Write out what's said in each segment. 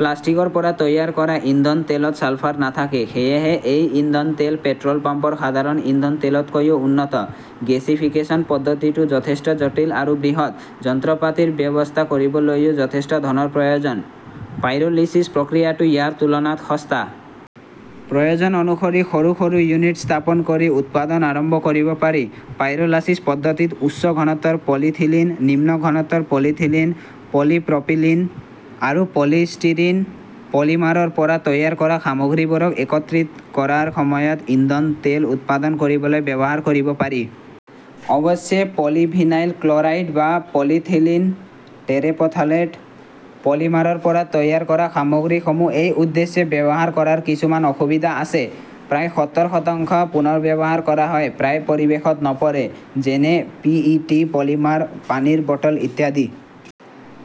প্লাষ্টিকৰ পৰা তৈয়াৰ কৰা ইন্ধন তেলত ছালফাৰ নাথাকে। সেয়েহে এই ইন্ধন তেল পেট্ৰল পাম্পৰ সাধাৰণ ইন্ধন তেলতকৈ উন্নত। গেছিফিকেচন পদ্ধতিটো যথেষ্ট জটিল আৰু বৃহৎ। যন্ত্ৰপাতিৰ ব্যৱস্থা কৰিবলৈও যথেষ্ট ধনৰ প্ৰয়োজন। পাইৰোলিছিছ প্ৰক্ৰিয়াটো ইয়াৰ তুলনাত সস্তা। প্ৰয়োজন অনুসৰি সৰু- সৰু ইউনিট স্থাপন কৰি উৎপাদন আৰম্ভ কৰিব পাৰি। পাইৰোলাচিছ পদ্ধতিত উচ্চ ঘনত্বৰ পলিইথিলিন, নিম্ন ঘনত্বৰ পলিইথিলিন, পলিপ্ৰপিলিন আৰু পলিষ্টিৰিন পলিমাৰৰ পৰা তৈয়াৰ কৰা সামগ্ৰীবোৰক একত্ৰিত কৰাৰ সময়ত ইন্ধন তেল উৎপাদন কৰিবলৈ ব্যৱহাৰ কৰিব পাৰি। অৱশ্যে পলিভিনাইল ক্লৰাইড বা পলিইথিলিন টেৰেপথালেট পলিমাৰৰ পৰা তৈয়াৰ কৰা সামগ্ৰীসমূহ এই উদ্দেশ্যে ব্যৱহাৰ কৰাৰ কিছুমান অসুবিধা আছে। প্ৰায় সত্তৰ শতাংশ পুনৰ্ব্যৱহাৰ কৰা হয়, প্ৰায় পৰিৱেশত নপৰে। যেনে পি. ই. টি. পলিমাৰ, পানীৰ বটল ইত্যাদি।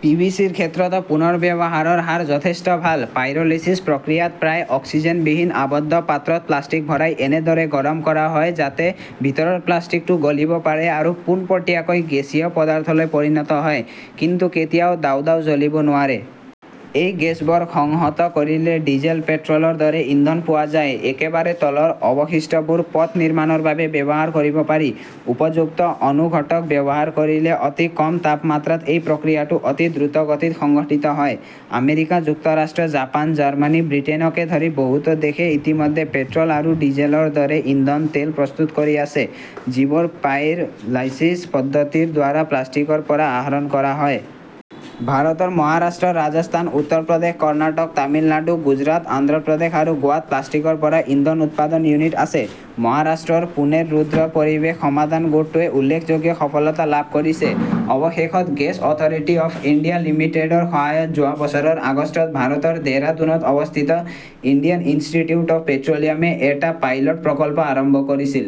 পি. ভি. চি. -ৰ ক্ষেত্ৰতো পুনৰ্ব্যৱহাৰৰ হাৰ যথেষ্ট ভাল। পাইৰোলিছিছ প্ৰক্ৰিয়াত প্ৰায় অক্সিজেনবিহীন আবদ্ধ পাত্ৰত প্লাষ্টিক ভৰাই এনেদৰে গৰম কৰা হয় যাতে ভিতৰৰ প্লাষ্টিকটো গলিব পাৰে আৰু পোনপটীয়াকৈ গেছীয় পদাৰ্থলৈ পৰিণত হয়। কিন্তু কেতিয়াও দাউদাও জ্বলিব নোৱাৰে। এই গেছবোৰ সংহত কৰিলে ডিজেল, পেট্ৰলৰ দৰে ইন্ধন পোৱা যায় একেবাৰে তলৰ অৱশিষ্টবোৰ পথ নিৰ্মাণৰ বাবে ব্যৱহাৰ কৰিব পাৰি। উপযুক্ত অনুঘটক ব্যৱহাৰ কৰিলে অতি কম তাপমাত্ৰাত এই প্ৰক্ৰিয়াটো অতি দ্ৰুতগতিত সংঘটিত হয়। আমেৰিকা যুক্তৰাষ্ট্ৰ, জাপান, জাৰ্মানী, ব্ৰিটেইনকে ধৰি বহুতো দেশে ইতিমধ্যে পেট্ৰল আৰু ডিজেলৰ দৰে ইন্ধন তেল প্ৰস্তুত কৰি আছে, যিবোৰ পাইৰ লাইসিস পদ্ধতিৰ দ্বাৰা প্লাষ্টিকৰ পৰা আহৰণ কৰা হয়। ভাৰতৰ মহাৰাষ্ট্ৰ, ৰাজস্থান, উত্তৰ প্ৰদেশ, কৰ্ণাটক, তামিলনাডু, গুজৰাট, অন্ধ্ৰ প্ৰদেশ আৰু গোৱাত প্লাষ্টিকৰ পৰা ইন্ধন উৎপাদন ইউনিট আছে। মহাৰাষ্ট্ৰৰ পুনেৰ ৰুদ্ৰ পৰিৱেশ সমাধান গোটটোৱে উল্লেখযোগ্য সফলতা লাভ কৰিছে। অৱশেষত গেছ অথৰিটি অৱ ইণ্ডিয়া লিমিটেডৰ সহায়ত যোৱা বছৰৰ আগষ্টত ভাৰতৰ দেহৰাদুনত অৱস্থিত ইণ্ডিয়ান ইনষ্টিটিউট অৱ পেট্ৰলিয়ামে এটা পাইলট প্ৰকল্প আৰম্ভ কৰিছিল।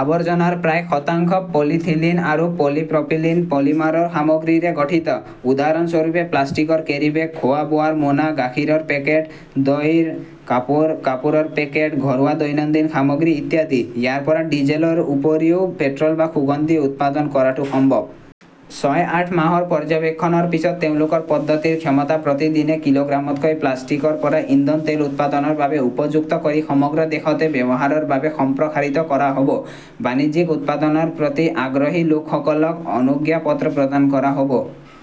আবৰ্জনাৰ প্ৰায় শতাংশ পলিইথিলিন আৰু পলিপ্ৰপিলিন পলিমাৰৰ সামগ্ৰীৰে গঠিত। উদাহৰণস্বৰূপে, প্লাষ্টিকৰ কেৰীবেগ, খোৱা-বোৱাৰ মোনা, গাখীৰৰ পেকেট, দইৰ কাপ, কাপোৰৰ পেকেট, ঘৰুৱা দৈনন্দিন সামগ্ৰী ইত্যাদি। ইয়াৰ পৰা ডিজেলৰ উপৰিও পেট্ৰল বা সুগন্ধি উৎপাদন কৰাটো সম্ভৱ। ছয়-আঠ মাহৰ পৰ্যবেক্ষণৰ পিছত তেওঁলোকৰ পদ্ধতিৰ ক্ষমতা প্ৰতিদিনে কিলোগ্ৰামলৈকে প্লাষ্টিকৰ পৰা ইন্ধন তেল উৎপাদনৰ বাবে উপযুক্ত কৰি সমগ্ৰ দেশতে ব্যৱহাৰৰ বাবে সম্প্ৰসাৰিত কৰা হ 'ব। বাণিজ্যিক উৎপাদনৰ প্ৰতি আগ্ৰহী লোকসকলক অনুজ্ঞাপত্ৰ প্ৰদান কৰা হ'ব।